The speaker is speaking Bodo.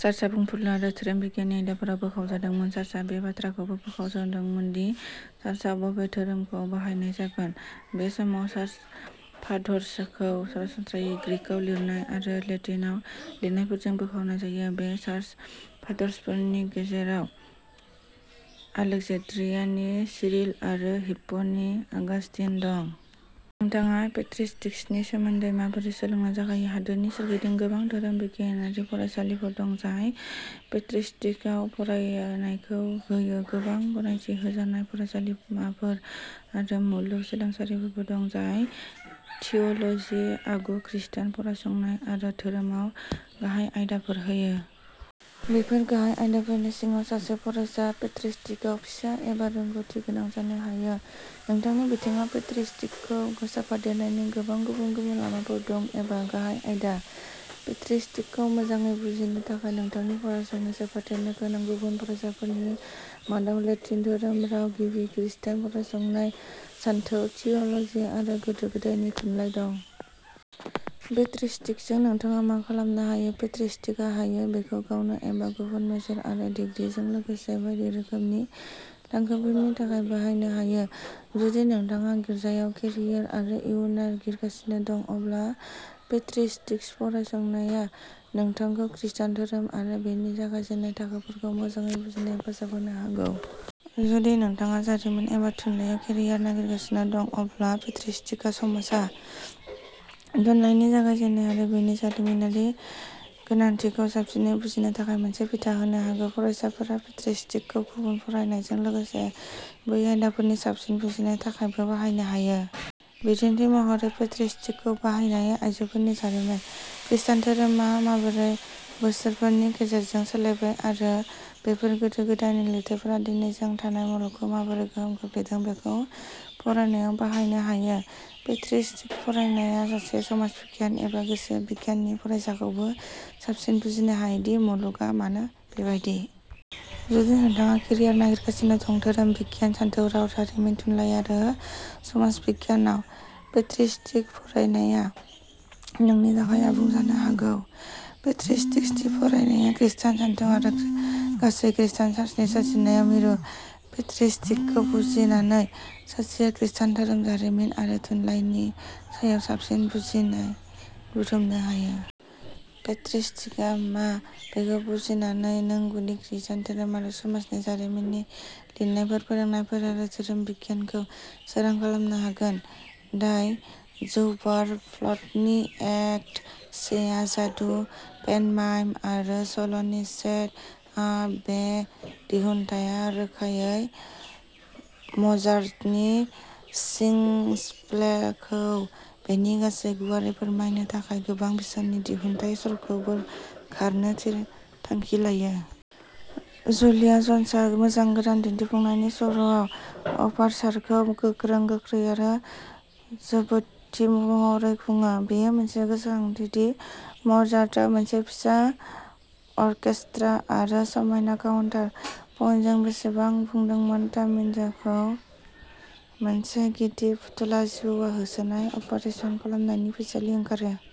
चार्चआ बुंफुरलु आरो धोरोम बिगियाननि आयदाफोराव बोखावजादोंमोन। चार्चआ बे बाथ्राखौबो बोखावजादोंमोन दि चार्चआव बबे धोरोमफोरखौ बाहायनाय जागोन। बे समाव चार्च फाधर्सखौ सरासनस्रायै ग्रीकआव लिरनाय आरो लेटिनआव लिरनायफोरजों बोखावनाय जायो। बे चार्च फाधर्सफोरनि गेजेराव आलेक्जेन्ड्रियानि सिरिल आरो हिप्प'नि अगास्टिन दं। नोंथाङा पेट्रिस्टिक्सनि सोमोन्दै माबोरै सोलोंनो जागायो? हादोरनि सोरगिदिं गोबां धोरोम बिगियानारि फरायसालिफोर दं जाय पेट्रिस्टिक्सआव फरायनायखौ होयो। गोबां गनायथि होजानाय फरायसालिमाफोर आरो मुलुग सोलोंसालिफोरबो दं जाय थिय'ल'जि, आगु खृस्टान फरायसंनाय आरो धोरोमाव गाहाय आयदाफोर होयो। बेफोर गाहाय आयदाफोरनि सिङाव, सासे फरायसाया पेट्रिस्टिक्सआव फिसा एबा रोंग'थि गोनां जानो हायो। नोंथांनि बिथिङाव पेट्रिस्टिक्सखौ सोफादेरनायनि गोबां गुबुन गुबुन लामाफोर दं एबा गाहाय आयदा। पेट्रिस्टिक्सखौ मोजाङै बुजिनो थाखाय नोंथांनि फरायसंनायाव सोफादेरनो गोनां गुबुन फरायफारिफोरनि मादाव लेटिन, धोरोम, राव, गिबि खृस्टान फरायसंनाय, सानथौ, थिय'ल'जि आरो गोदो गोदायनि थुनलाइ दं। पेट्रिस्टिक्सजों नोंथाङा मा खालामनो हायो? पेट्रिस्टिक्सआ हायो। बेखौ गावनो एबा गुबुन मेजर आरो डिग्रीजों लोगोसे बायदि रोखोमनि थांखिफोरनि थाखाय बाहायनो हायो। जुदि नोंथाङा गिर्जायाव केरियार आरो इयुन नागिरगासिनो दं, अब्ला पेट्रिस्टिक्स फरायनाया नोंथांखौ खृस्टान धोरोम आरो बेनि जागायजेन्नाय थाखोफोरखौ मोजाङै बुजिनो हेफाजाब होनो हागौ। जुदि नोंथाङा जारिमिन एबा थुनलाइयाव केरियार नागिरगासिनो दं, अब्ला पेट्रिस्टिक्सआ समाजाव थुनलाइनि जागायजेन्नाय आरो बेनि जारिमिनारि गोनांथिखौ साबसिनै बुजिनो थाखाय मोनसे बिथा होनो हागौ। फरायसाफ्रा पेट्रिस्टिक्सखौ गुबुन फरायनायजों लोगोसे बै आयदाफोरनि साबसिन बुजिनो थाखायबो बाहायनो हायो। बिदिन्थि महरै, पेट्रिस्टिक्सखौ बाहायनाया आइजोफोरनि जारिमिन, खृष्टान धोरोमा माबोरै बोसोरफोरनि गेजेरजों सोलायबाय आरो बेफोर गोदो गोदायनि लिरथाइफोरा दिनै जों थानाय मुलुगखौ माबोरै गोहोम खोख्लैदों बेखौ फरायनायाव बाहायनो हायो। पेट्रिस्टिक्स फरायनाया सासे समाज बिगियान एबा गोसो बिगियाननि फरायसाखौबो साबसिन बुजिनो हायो दि मुलुगआ मानो बेबायदि। जुदि नोंथाङा केरियार नागिरगासिनो दं। धोरोम बिगियान, सानथौ, राव, जारिमिन, थुनलाइ आरो समाज बिगियानाव, पेट्रिस्टिक्स फरायनाया नोंनि थाखाय आबुं जानो हागौ। पेट्रिस्टिक्सनि फरायनाया खृस्टान सानथौ आरो गासै खृस्टान चार्चनि सोरजिनायाव मिरु। पेट्रिस्टिक्सखौ बुजिनानै, सासेया खृस्टान धोरोम, जारिमिन आरो थुनलाइनि सायाव साबसिन बुजिनाय बुथुमनो हायो। पेट्रिस्टिक्सआ मा बेखौ बुजिनानै, नों गुदि खृस्टान धोरोम आरो समाजनि जारिमिननि लिरनायफोर, फोरोंनायफोर आरो धोरोम बिगियानखौ सोरां खालामनो हागोन। डाइ जौबारफ्ल'टनि एक्ट सेआ जादु, पेन्टमाइम आरो सल'नि सेट आप। बे दिहुनथाया रोखायै म'जार्टनि सिंगस्पेलखौ बेनि गासै गुवारै फोरमायनो थाखाय गोबां बोसोरनि दिहुनथाइ सर'खौ बोखारनो थांखि लायो। जुलिया ज'न्सआ मोजां गोदान दिन्थिफुंनायनि सर'आव अभारचारखौ गोजों, गोख्रै आरो जोबोदथि महरै खुङो। बेयो मोनसे गोसोखांथि दि म'जार्टआ मोनसे फिसा अर्केस्ट्रा आरो समायना काउन्टार पइन्टजों बेसेबां बुंदोंमोन। तामिनखौ मोनसे गिदिर फुथुला जिबौआ होसोनाय, अपारेसन खालामजानायनि फैसालि ओंखारो।